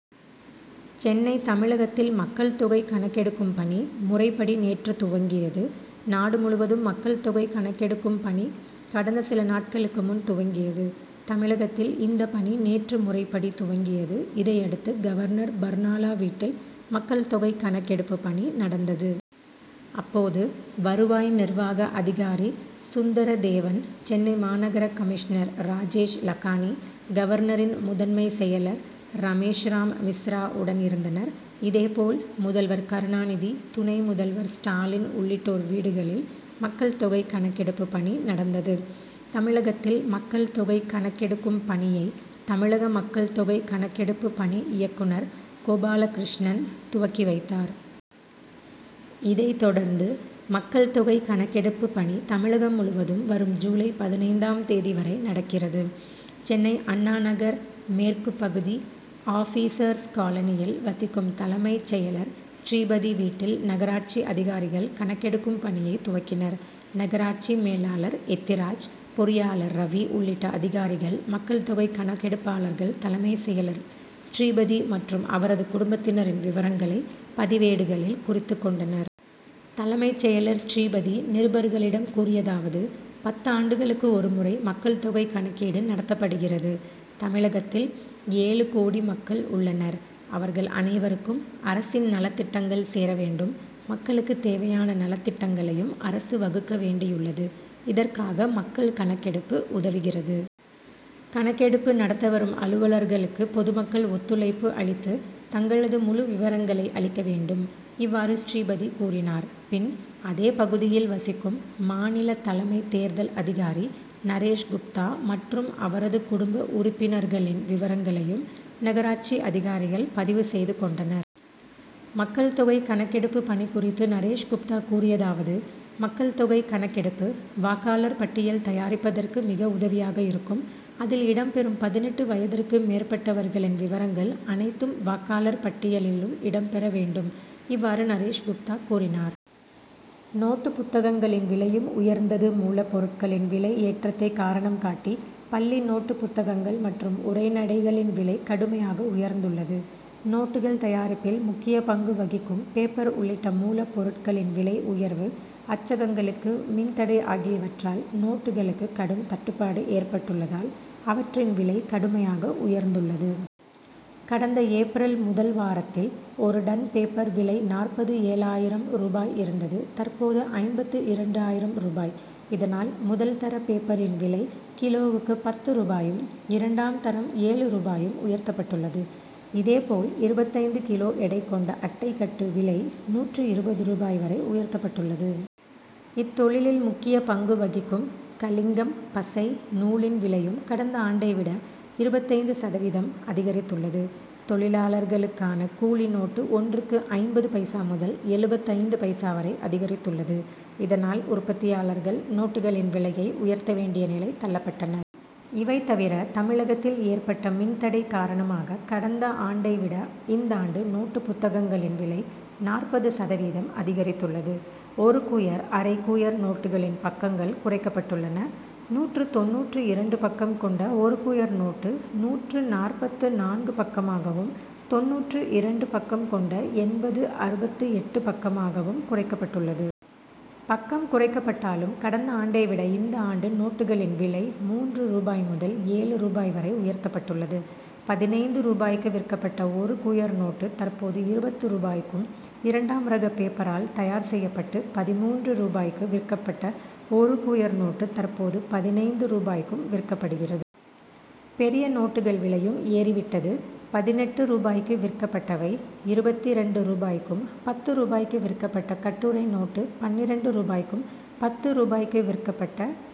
சென்னை தமிழகத்தில் மக்கள் தொகை கணக்கெடுக்கும் பணி, முறைப்படி நேற்று துவங்கியது. நாடு முழுவதும் மக்கள் தொகை கணக்கெடுக்கும் பணி கடந்த சில நாட்களுக்கு முன் துவங்கியது. தமிழகத்தில் இந்த பணி நேற்று முறைப்படி துவங்கியது. இதையடுத்து, கவர்னர் பர்னாலா வீட்டில் மக்கள் தொகை கணக்கெடுப்பு பணி நடந்தது. அப்போது வருவாய் நிர்வாக அதிகாரி சுந்தரதேவன், சென்னை மாநகர கமிஷ்னர் ராஜேஷ் லக்கானி, கவர்னரின் முதன்மை செயலர் ரமேஷ்ராம் மிஸ்ரா உடன் இருந்தனர். இதே போல் முதல்வர் கருணாநிதி, துணை முதல்வர் ஸ்டாலின் உள்ளிட்டோர் வீடுகளில் மக்கள் தொகை கணக்கெடுப்பு பணி நடந்தது. தமிழகத்தில் மக்கள் தொகை கணக்கெடுக்கும் பணியை, தமிழக மக்கள் தொகை கணக்கெடுப்பு பணி இயக்குனர் கோபாலகிருஷ்ணன் துவக்கி வைத்தார். இதைத் தொடர்ந்து மக்கள் தொகை கணக்கெடுப்பு பணி தமிழகம் முழுவதும் வரும் ஜூலை பதினைந்தாம் தேதி வரை நடக்கிறது. சென்னை அண்ணாநகர் மேற்கு பகுதி, ஆபீசர்ஸ் காலனியில் வசிக்கும் தலைமைச் செயலர் ஸ்ரீபதி வீட்டில் நகராட்சி அதிகாரிகள் கணக்கெடுக்கும் பணியை துவக்கினர். நகராட்சி மேலாளர் எத்திராஜ், பொறியாளர் ரவி உள்ளிட்ட அதிகாரிகள், மக்கள் தொகை கணக்கெடுப்பாளர்கள் தலைமைச் செயலர் ஸ்ரீபதி மற்றும் அவரது குடும்பத்தினரின் விவரங்களை, பதிவேடுகளில் குறித்துக் கொண்டனர். தலைமைச் செயலர் ஸ்ரீபதி, நிருபர்களிடம் கூறியதாவது: பத்து ஆண்டுகளுக்கு ஒருமுறை மக்கள் தொகை கணக்கீடு நடத்தப்படுகிறது. தமிழகத்தில் ஏழு கோடி மக்கள் உள்ளனர். அவர்கள் அனைவருக்கும் அரசின் நலத்திட்டங்கள் சேர வேண்டும். மக்களுக்குத் தேவையான நலத்திட்டங்களையும் அரசு வகுக்க வேண்டியுள்ளது. இதற்காக, மக்கள் கணக்கெடுப்பு உதவுகிறது. கணக்கெடுப்பு நடத்த வரும் அலுவலர்களுக்கு பொதுமக்கள் ஒத்துழைப்பு அளித்து, தங்களது முழு விவரங்களை அளிக்க வேண்டும். இவ்வாறு ஸ்ரீபதி கூறினார். பின், அதே பகுதியில் வசிக்கும் மாநில தலைமைத் தேர்தல் அதிகாரி நரேஷ் குப்தா மற்றும் அவரது குடும்ப உறுப்பினர்களின் விவரங்களையும் நகராட்சி அதிகாரிகள் பதிவு செய்து கொண்டனர். மக்கள் தொகை கணக்கெடுப்பு பணி குறித்து நரேஷ் குப்தா கூறியதாவது: மக்கள் தொகை கணக்கெடுப்பு, வாக்காளர் பட்டியல் தயாரிப்பதற்கு மிக உதவியாக இருக்கும். அதில் இடம் பெறும் பதினெட்டு வயதிற்கு மேற்பட்டவர்களின் விவரங்கள் அனைத்தும், வாக்காளர் பட்டியலிலும் இடம் பெற வேண்டும். இவ்வாறு நரேஷ் குப்தா கூறினார். நோட்டுப் புத்தகங்களின் விலையும் உயர்ந்தது மூலப் பொருட்களின் விலை ஏற்றத்தை காரணம் காட்டி, பள்ளி நோட்டுப் புத்தகங்கள் மற்றும் உரைநடைகளின் விலை, கடுமையாக உயர்ந்துள்ளது. நோட்டுகள் தயாரிப்பில் முக்கிய பங்கு வகிக்கும் பேப்பர் உள்ளிட்ட மூலப் பொருட்களின் விலை உயர்வு, அச்சகங்களுக்கு மின் தடை ஆகியவற்றால், நோட்டுகளுக்கு கடும் தட்டுப்பாடு ஏற்பட்டுள்ளதால், அவற்றின் விலை கடுமையாக உயர்ந்துள்ளது. கடந்த ஏப்ரல் முதல் வாரத்தில், ஒரு டன் பேப்பர் விலை நாற்பது ஏழு ஆயிரம் ரூபாய் இருந்தது; தற்போது ஐம்பத்து இரண்டு ஆயிரம் ரூபாய். இதனால், முதல் தர பேப்பரின் விலை, கிலோவுக்கு பத்து ரூபாயும், இரண்டாம் தரம் ஏழு ரூபாயும் உயர்த்தப்பட்டுள்ளது. இதே போல், இருபத்தைந்து கிலோ எடை கொண்ட அட்டை கட்டு விலை, நூற்று இருபது ரூபாய் வரை உயர்த்தப்பட்டுள்ளது. இத்தொழிலில் முக்கிய பங்கு வகிக்கும் கலிங்கம், பசை, நூலின் விலையும், கடந்த ஆண்டை விட, இருபத்தைந்து சதவீதம் அதிகரித்துள்ளது. தொழிலாளர்களுக்கான, கூலி நோட்டு ஒன்றுக்கு ஐம்பது பைசா முதல் எழுபத்தைந்து பைசா வரை அதிகரித்துள்ளது. இதனால், உற்பத்தியாளர்கள், நோட்டுகளின் விலையை உயர்த்த வேண்டிய நிலை தள்ளப்பட்டனர். இவை தவிர, தமிழகத்தில் ஏற்பட்ட மின் தடை காரணமாக, கடந்த ஆண்டை விட இந்தாண்டு நோட்டுப் புத்தகங்களின் விலை, நாற்பது சதவீதம் அதிகரித்துள்ளது. ஒரு குயர், அரை குயர் நோட்டுகளின் பக்கங்கள் குறைக்கப்பட்டுள்ளன. நூற்று தொண்ணூற்று இரண்டு பக்கம் கொண்ட ஒரு குயர் நோட்டு, நூற்று நாற்பத்து நான்கு பக்கமாகவும், தொண்ணூற்று இரண்டு பக்கம் கொண்ட என்பது, அறுபத்து எட்டு பக்கமாகவும் குறைக்கப்பட்டுள்ளது. பக்கம் குறைக்கப்பட்டாலும், கடந்த ஆண்டை விட இந்த ஆண்டு நோட்டுகளின் விலை, மூன்று ரூபாய் முதல் ஏழு ரூபாய் வரை உயர்த்தப்பட்டுள்ளது. பதினைந்து ரூபாய்க்கு விற்கப்பட்ட ஒரு குயர் நோட்டு, தற்போது இருபது ரூபாய்க்கும், இரண்டாம் ரக பேப்பரால் தயார் செய்யப்பட்டு, பதின்மூன்று ரூபாய்க்கு விற்கப்பட்ட ஒரு குயர் நோட்டு, தற்போது பதினைந்து ரூபாய்க்கும் விற்கப்படுகிறது. பெரிய நோட்டுகள் விலையும் ஏறி விட்டது. பதினெட்டு ரூபாய்க்கு விற்கப்பட்டவை, இருபத்திரண்டு ரூபாய்க்கும், பத்து ரூபாய்க்கு விற்கப்பட்ட கட்டூரை நோட்டு, பன்னிரண்டு ரூபாய்க்கும், பத்து ரூபாய்க்கு விற்கப்பட்ட